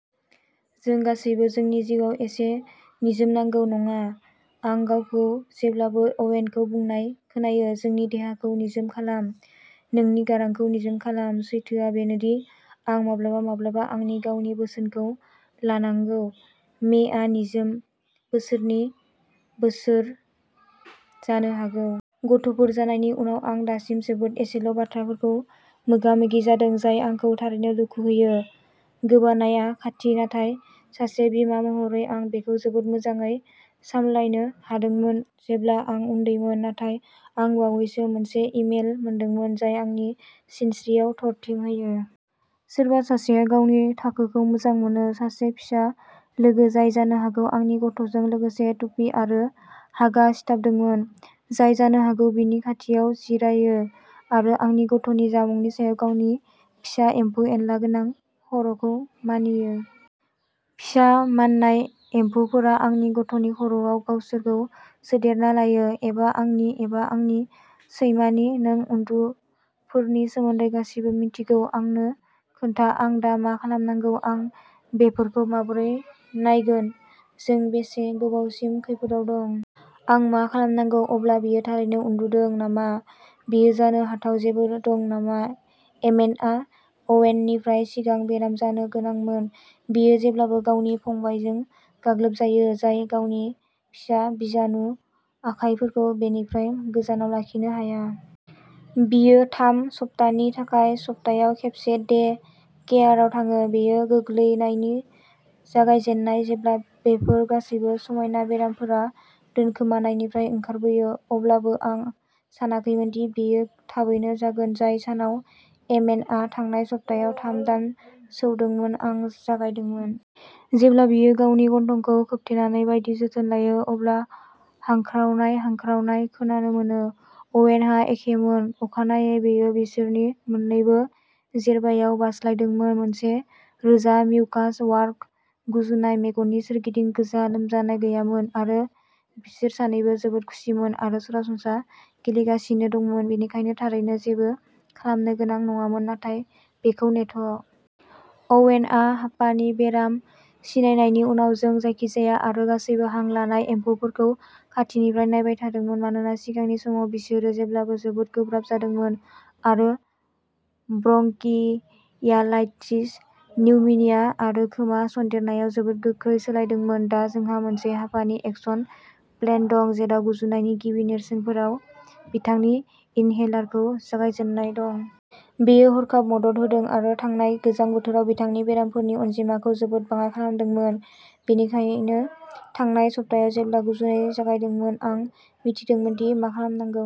जों गासैबो जोंनि जिउआव एसे निजोम नांगौ, नङा? आं गावखौ जेब्लाबो अवेनखौ बुंनाय खोनायो, नोंनि देहाखौ निजोम खालाम। नोंनि गारांखौ निजोम खालाम। सैथोआ बेनो दि, आं माब्लाबा माब्लाबा आंनि गावनि बोसोनखौ लानांगौ। मे आ निजोम बोसोरनि बोसोर जानो हागौ। गथ'फोर जानायनि उनाव आं दासिम जोबोद एसेल' बाथ्राफोरखौ मोगा मोगि जादों, जाय आंखौ थारैनो दुखु होयो। गोबानायआ खाथि, नाथाय सासे बिमा महरै आं बेखौ जोबोद मोजाङै सामलायनो हादोंमोन, जेब्ला आं उन्दैमोन। नाथाय आं बावैसो मोनसे इमेल मोनदोंमोन, जाय आंनि सिनस्रिआव थरथिं होयो। सोरबा सासेआ गावनि थाखोखौ मोजां मोनो। सासे फिसा लोगो जाय जानो हागौ आंनि गथ'जों लोगोसे टुपि आरो हागा सिथाबदोंमोन। जाय जानो हागौ बिनि खाथियाव जिरायो आरो आंनि गथ'नि जामुंनि सायाव गावनि फिसा एम्फौ एनला गोनां खर'खौ मानियो। फिसा माननाय एम्फौफोरा आंनि गथ'नि खर'आव गावसोरखौ सोदेरना लायो। एबा आंनि। एबा आंनि सैमानि। नों उन्दुफोरनि सोमोन्दै गासिबो मिन्थिगौ आंनो खोन्था। आं दा मा खालामनांगौ? आं बेफोरखौ माबोरै नायगोन? जों बेसे गोबावसिम खैफोदआव दं? आं मा खालामनांगौ, अब्ला, बियो थारैनो उन्दुदों नामा? बियो जानो हाथाव जेबो दं नामा? एमेटआ अवेननिफ्राय सिगां बेराम जानो गोनांमोन। बियो जेब्लाबो गावनि फंबायजों गाग्लोबजायो, जाय गावनि फिसा बिजानु आखायफोरखौ बेनिफ्राय गोजानाव लाखिनो हाया। बियो थाम सप्तानि थाखाय सप्तायाव खेबसे डे केयाराव थाङो। बेयो गोग्लैनायनि जागायजेन्नाय जेब्ला बेफोर गासैबो समायना बेरामफोरा दोनखोमानायनिफ्राय ओंखारबोयो। अब्लाबो, आं सानाखैमोन दि बेयो थाबैनो जागोन। जाय सानाव एमेटआ थांनाय सप्तायाव थाम दान सौदोंमोन आं जागायदोंमोन। जेब्ला बियो गावनि गन्थंखौ खोबथेनाय बायदि जोथोन लायो, अब्ला हांख्रावनाय हांख्रावनाय खोनानो मोनो। अवेनहा एखेमोन। अखानायै बेयो बिसोरनि मोन्नैबो जेरबायाव बारस्लायदोंमोन मोनसे रोजा, मिउकास वाई गुजुनाय। मेगननि सोरगिदिं गोजा। लोमजानाय गैयामोन आरो बिसोर सानैबो जोबोद खुसिमोन आरो सरासनस्रा गेलेगासिनो दंमोन, बेनिखायनो थारैनो जेबो खालामनो गोनां नङामोन नाथाय बेखौ नेथ'। अवेनआ हापानि बेराम सिनायनायनि उनाव जों जायखिजाया आरो गासैबो हां लानाय एम्फौफोरखौ खाथिनिफ्राय नायबाय थादोंमोन, मानोना सिगांनि समाव बिसोरो जेब्लाबो जोबोद गोब्राब जादोंमोन आरो ब्रंकियालाइटिस, निउमोनिया आरो खोमा सन्देरनायाव जोबोद गोख्रै सोलायदोंमोन। दा जोंहा मोनसे हापानि एक्शन प्लान दं जेराव गुजुनायनि गिबि नेरसोनफोराव बिथांनि इनहेलारखौ जागायजेननाय दं। बेयो हरखाब मदद होदों आरो थांनाय गोजां बोथोराव बिथांनि बेरामफोरनि अनजिमाखौ जोबोद बाङाइ खालामदोंमोन। बेनिखायनो थांनाय सप्तायाव जेब्ला गुजुनाया जागायदोंमोन, आं मिन्थिदोंमोन दि मा खालामनांगौ।